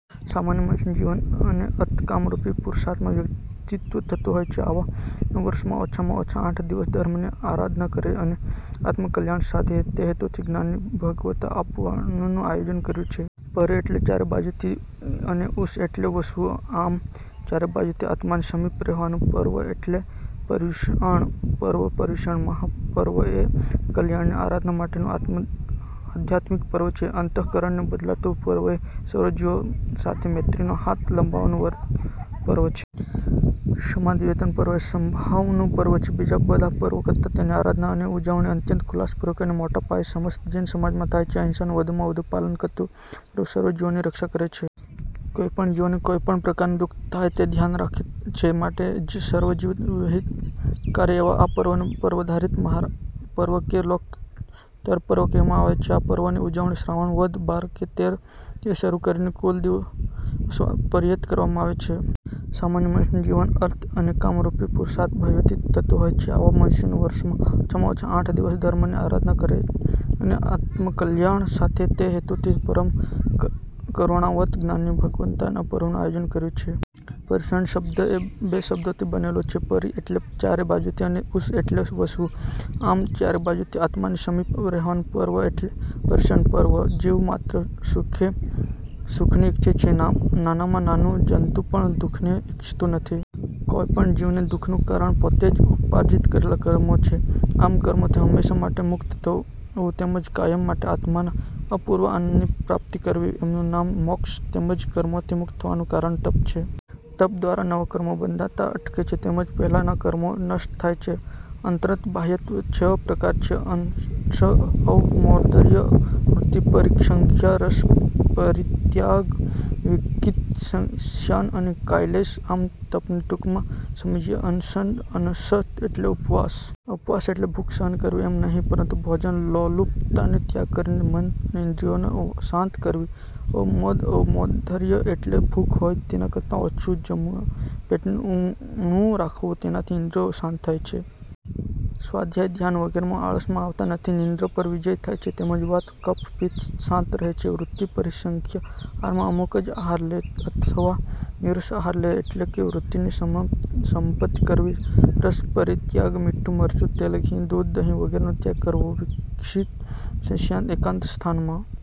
સામાન્ય મનુષ્યનું જીવન અને અર્થ કામરૂપી પુરુષાર્થમાં વ્યતીત થતું હોય છે. આવા મનુષ્યો વર્ષમાં ઓછામાં ઓછા આઠ દિવસ ધર્મની આરાધના કરે અને આત્મકલ્યાણ સાધે તે હેતુથી જ્ઞાની ભગવંતોએ આ પર્વનું આયોજન કર્યું છે. 'પરિ' એટલે ચારે બાજુથી અને 'ઉષ' એટલે વસવું આમ ચારે બાજુથી આત્માની સમીપ રહેવાનું પર્વ એટલે પર્યુષણ પર્વ. પર્યુષણ મહાપર્વ એ આત્મકલ્યાણની આરાધના માટેનું આધ્યાત્મિક પર્વ છે. અંત:કરણને બદલાવતું પર્વ છે. સર્વ જીવો સાથે મૈત્રીનો હાથ લંબાવતું પર્વ છે. ક્ષમાની દિવ્યતાનું પર્વ છે. સમભાવનું પર્વ છે. બીજાં બધાં પર્વો કરતાં તેની આરાધના અને ઉજવણી અત્યંત ઉલ્લાસપૂર્વક અને મોટા પાયે સમસ્ત જૈન સમાજમાં થાય છે. અહિંસાનું વધુમાં વધુ પાલન કરતું આ પર્વ સર્વ જીવોની રક્ષા કરે છે. કોઇ પણ જીવોને કોઇ પણ પ્રકારનું દુ:ખ થાય તેનું ધ્યાન રાખે છે માટે જ સર્વજીવહિતકારી એવા આ પર્વને પર્વાધિરાજ મહાપર્વ કે લોકત્તર પર્વ કહેવામાં આવે છે. આ પર્વની ઉજવણી શ્રાવણ વદ બાર કે તેર થી શરૂ કરીને કુલ દિવસો પર્યંત કરવામાં આવે છે. સામાન્ય મનુષ્યનું જીવન અર્થ અને કામરૂપી પુરુષાર્થમાં વ્યતીત થતું હોય છે. આવા મનુષ્યો વર્ષમાં ઓછામાં ઓછ આઠ દિવસ ધર્મની આરાધના કરે અને આત્મકલ્યાણ સાથે તે હેતુતી પરમ કરુણાવંત જ્ઞાની ભગવંતોએ આ પર્વનું આયોજન કર્યું છે. પર્યુષણ શબ્દ બે શબ્દોથી બનેલો છે. પરિ એટલે ચારે બાજુથી અને ઉષ એટલે વસવું. આમ ચારે બાજુથી આત્માની સમીપ રહેવાનું પર્વ એટલે પર્યુષણ પર્વ. જીવ માત્ર સુખને ઇચ્છે છે, નાનામાં નાનું જંતુ પણ દુ:ખને ઇચ્છતું નથી. કોઇ પણ જીવને દુ:ખનું કારણ પોતે જ ઉપાર્જિત કરેલાં કર્મો છે. આ કર્મોથી હંમેશ માટે મુક્ત થવું તેમજ કાયમ માટે આત્માના અપૂર્વ આનંદની પ્રાપ્તિ કરવી એનું નામ મોક્ષ. તેમજ કર્મોથી મુક્ત થવાનું કારણ તપ છે. તપ દ્વારા નવાં કર્મો બંધાતાં અટકે છે. તેમજ પહેલાંનાં કર્મો નષ્ટ થાય છે. અંતરંગ બાહ્યતપ છ પ્રકારે છે. અનશન અવમૌદર્ય, વૃત્તિપરિસંખ્યા, રસપરિત્યાગ, વિવિક્ત શય્યાસન અને કાયક્લેશ. આ તપને ટૂંકમાં સમજીએ. અનશન: અનશન એટલે ઉપવાસ. ઉપવાસ એટલે ભૂખ સહન કરવી એમ નહીં પરંતુ ભોજન લોલુપતાનો ત્યાગ કરીને મન અને ઇન્દ્રિઓને શાંત કરવી. અવમૌદઃ અવમૌદર્ય એટલે ભૂખ હોય તેના કરતાં ઓછું જમવું, પેટને ઊણું રાખવું. તેનાથી ઇન્દ્રિયો શાંત થાય છે. સ્વાધ્યાય-ધ્યાન વગેરેમાં આળસ આવતાં નથી. નિદ્રા પર વિજય થાય છે તેમજ વાત-કફ-પિત્ત શાંત રહે છે. વૃત્તિ પરિસંખ્યાનઃ આહારમાં અમુક જ આહાર લે અથવા નીરસ આહાર લે. એટલે કે વૃત્તિને સંમિપ્ત કરવી. રસપરિત્યાગઃ મીઠું, મરચું, તેલ, ઘી, દૂધ, દહીં વગેરેનો ત્યાગ કરવો. વિવિક્ત શય્યાસન: એકાંત સ્થાનમાં